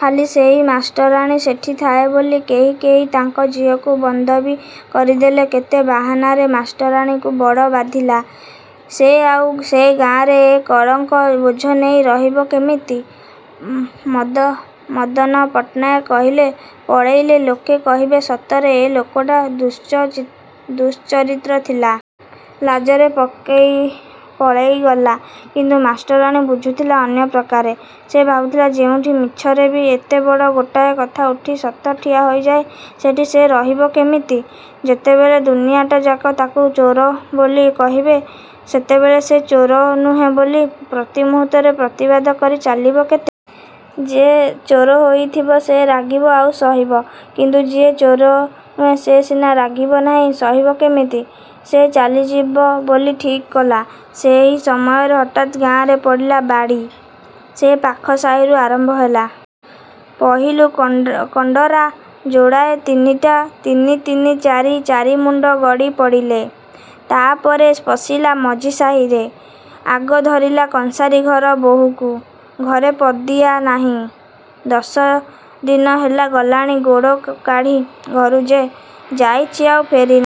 ଖାଲି ସେଇ ମାଷ୍ଟରାଣୀ ସେଠି ଥାଏ ବୋଲି, କେହି କେହି ତାଙ୍କ ଝିଅଙ୍କୁ ବନ୍ଦବି କରିଦେଲେ କେତେ ବାହାନାରେ। ମାଷ୍ଟରାଣୀକୁ ବଡ଼ ବାଧିଲା। ସେ ଆଉ ସେ ଗାଁରେ ଏ କଳଙ୍କ ବୋଝ ନେଇ ରହିବ କିମିତି? ମଦନପଟ୍ଟନାୟକ କହିଲେ 'ପଳେଇଲେ ଲୋକେ କହିବେ ସତରେ ଏ ଲୋକଟା ଦୁଶ୍ଚଚିତ ଦୁଶ୍ଚରିତ୍ର ଥିଲା। ଲାଜରେ ପଳେଇଗଲା। ' କିନ୍ତୁ ମାଷ୍ଟରାଣୀ ବୁଝୁଥିଲା ଅନ୍ୟ ପ୍ରକାରେ। ସେ ଭାବୁଥିଲା, ଯେଉଁଠି ମିଛରେବି ଏତେ ବଡ଼ ଗୋଟାଏ କଥା ଉଠି ସତ ଠିଆ ହୋଇଯାଏ ସେଠି ସେ ରହିବ କିମିତି? ଯେତେବେଳେ ଦୁନିଆଟାଯାକ ତାକୁ ଚୋର ବୋଲି କହିବେ, ସେତେବେଳେ ସେ ଚୋର ନୁହେଁ ବୋଲି ପ୍ରତି ମୁହୂର୍ତ୍ତରେ ପ୍ରତିବାଦ କରି ଚାଲିବ କେତେ! ଯେ ଚୋର ହେଇଥିବ ସେ ରାଗିବ ଆଉ ସହିବ। କିନ୍ତୁ ଯିଏ ଚୋର ନୁହେଁ ସେ ସିନା ରାଗିବ ନାହିଁ ସହିବ କିମିତି? ସେ ଚାଲିଯିବ ବୋଲି ଠିକ୍ କଲା। ସେଇ ସମୟରେ ହଠାତ ଗାଁରେ ପଡ଼ିଲା ବାଡ଼ି। ସେ ପାଖ ସାହିରୁ ଆରମ୍ଭ ହେଲା। ପହିଲୁ କଣ୍ଡରା ଯୋଡ଼ାଏ ତିନିଟା ତିନି ତିନି ଚାରି ଚାରି ମୁଣ୍ଡ ଗଡ଼ି ପଡ଼ିଲେ। ତା'ପରେ ପଶିଲା ମଝି ସାହିରେ। ଆଗ ଧରିଲା କଂସାରି ଘର ବହୂକୁ। ଘରେ ପଦିଆ ନାହିଁ। ଦଶଦିନ ହେଲା ଗଲାଣି ଗୋଡ଼ କାଢ଼ି ଘରୁ ଯେ, ଯାଇଚି ଆଉ ଫେରି ନାହିଁ।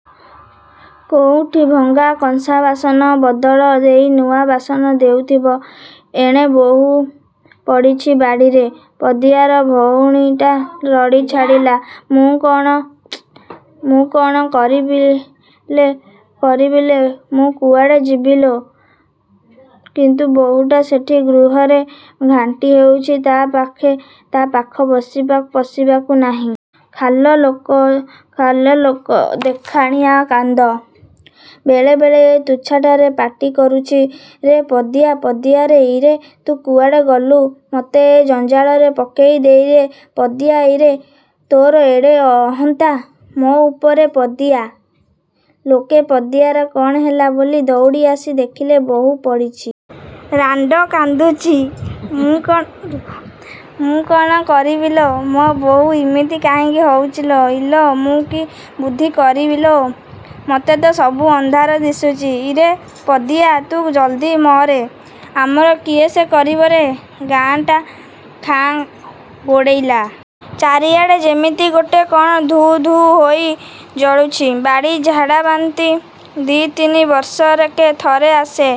କୋଉଁଠି ଭଙ୍ଗା କଂସା ବାସନ ବଦଳ ଦେଇ ନୂଆ ବାସନ ଦେଉଥିବ। ଏଣେ ବହୂ ପଡ଼ିଚି ବାଡ଼ିରେ । ପଦିଆର ଭଉଣୀଟା ରଡ଼ି ଛାଡ଼ିଲା ''ମୁଁ କ'ଣ କରିବିଲୋ! ମୁଁ କୁଆଡ଼େ ଯିବିଲୋ! '' କିନ୍ତୁ ବହୂଟା ସେଠି ଗୃହରେ ଘାଣ୍ଟି ହେଉଚି ତା' ପାଖ ପଶିବାକୁ ନାହିଁ। ଖାଲ ଲୋକ ଦେଖାଣିକି କାନ୍ଦ। ବେଳେ ବେଳେ ତୁଚ୍ଛାଟାରେ ପାଟି କରୁଚି''ରେ ପଦିଆ ପଦିଆରେ ଇରେ ତୁ କୁଆଡ଼େ ଗଲୁ ମୋତେ ଏ ଜଞ୍ଜାଳରେ ପକେଇ ଦେଇରେ ପଦିଆ ଇରେ ତୋର ଏଡ଼େ ଅହନ୍ତା ମୋ ଉପରେରେ ପଦିଆ। '' ଲୋକେ ପଦିଆର କ'ଣ ହେଲା ବୋଲି ଦଉଡ଼ି ଆସି ଦେଖିଲେ, ବହୂ ପଡ଼ିଚି। ରାଣ୍ଡ କାନ୍ଦୁଚି 'ମୁଁ କ'ଣ କରିବିଲୋ ମୋ ବହୂ ଇମିତି କାହିଁକି ହଉଚିଲୋ। ଇଲୋ ମୁଁ କି ବୁଦ୍ଧି କରିବିଲୋ। ମୋତେ ତ ସବୁ ଅନ୍ଧାର ଦିଶୁଚି ଇରେ ପଦିଆ, ତୁ ଜଲ୍ଦି ମରେ ଆମର କିଏ ସେ କରିବରେ। '' ଗାଁଟା ଖାଁ ଗୋଡ଼େଇଲା। ଚାରିଆଡ଼େ ଯେମିତି ଗୋଟେ କ'ଣ ଧୁ ଧୁ ହୋଇ ଜଳୁଛି। ବାଡ଼ି ଝାଡ଼ାବାନ୍ତି ଦି'ତିନି ବର୍ଷକେ ଥରେ ଆସେ।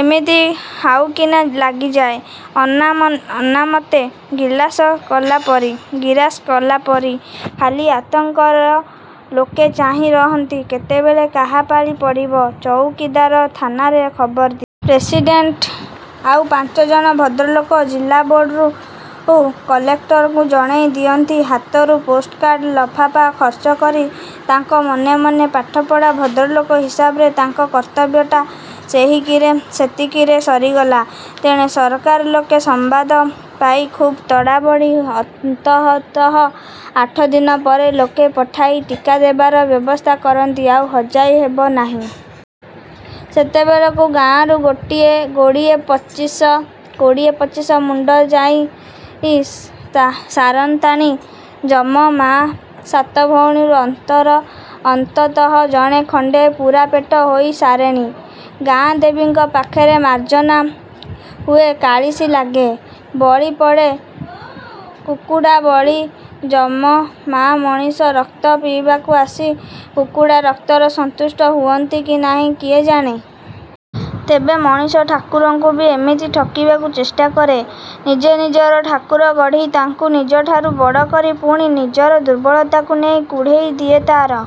ଏମିତି ହାଉକିନା ଲାଗିଯାଏ। ଅନାମତେ ଗିରାସ କଲା ପରି। ଖାଲି ଆତଙ୍କରେ ଲୋକେ ଚାହିଁ ରହନ୍ତି, କେତେବେଳେ କାହା ପାଳି ପଡ଼ିବ। ଚଉକିଦାର ଥାନାରେ ଖବର ଦିଏ। ପ୍ରେସିଡେଣ୍ଟ, ଆଉ ପାଞ୍ଚଜଣ ଭଦ୍ରଲୋକ ଜିଲାବୋର୍ଡ଼କୁ, କଲେକ୍ଟରଙ୍କୁ ଜଣେଇ ଦିଅନ୍ତି ହାତରୁ ପୋଷ୍ଟକାର୍ଡ଼ ଲଫାପା ଖର୍ଚ୍ଚ କରି, ତାଙ୍କ ମନେ ମନେ ପାଠ ପଢ଼ା ଭଦ୍ରଲୋକ ହିସାବରେ ତାଙ୍କ କର୍ତ୍ତବ୍ୟଟା ସେତିକିରେ ସରିଗଲା। ତେଣେ ସରକାରୀ ଲୋକେ ସମ୍ବାଦ ପାଇ ଖୁବ୍ ତଡ଼ାବଡ଼ି ଅନ୍ତତଃ ଆଠଦିନ ପରେ ଲୋକ ପଠାଇ ଟିକା ଦେବାର ବ୍ୟବସ୍ଥା କରନ୍ତି ଆଉ ହଇଜା ହେବ ନାହିଁ। ସେତେବେଳକୁ ଗାଁରୁ କୋଡ଼ିଏ ପଚିଶ ମୁଣ୍ଡ ଯାଇ ସାରନ୍ତାଣି। ଯମ ମା ସାତ ଭଉଣୀରୁ ଅନ୍ତତଃ ଜଣେ ଖଣ୍ଡେ ପୂରାପେଟ ହେଇ ସାରେଣି। ଗାଁ ଦେବତୀଙ୍କ ପାଖରେ ମାର୍ଜନା ହୁଏ କାଳିସୀ ଲାଗେ। ବଳି ପଡ଼େ କୁକୁଡ଼ା ବଳି। ଯମ ମା ମଣିଷ ରକ୍ତ ପିଇବାକୁ ଆସି କୁକୁଡ଼ା ରକ୍ତରେ ସନ୍ତୁଷ୍ଟ ହୁଅନ୍ତି କି ନାହିଁ କିଏ ଜାଣେ! ତେବେ ମଣିଷ ଠାକୁରଙ୍କୁବି ଏମିତି ଠକିବାକୁ ଚେଷ୍ଟା କରେ। ନିଜେ ନିଜର ଠାକୁର ଗଢ଼ି, ତାକୁ ନିଜଠାରୁ ବଡ଼ କରି ପୁଣି ନିଜର ଦୁର୍ବଳତାକୁ ନେଇ କୁଢ଼େଇ ଦିଏ ତା'ର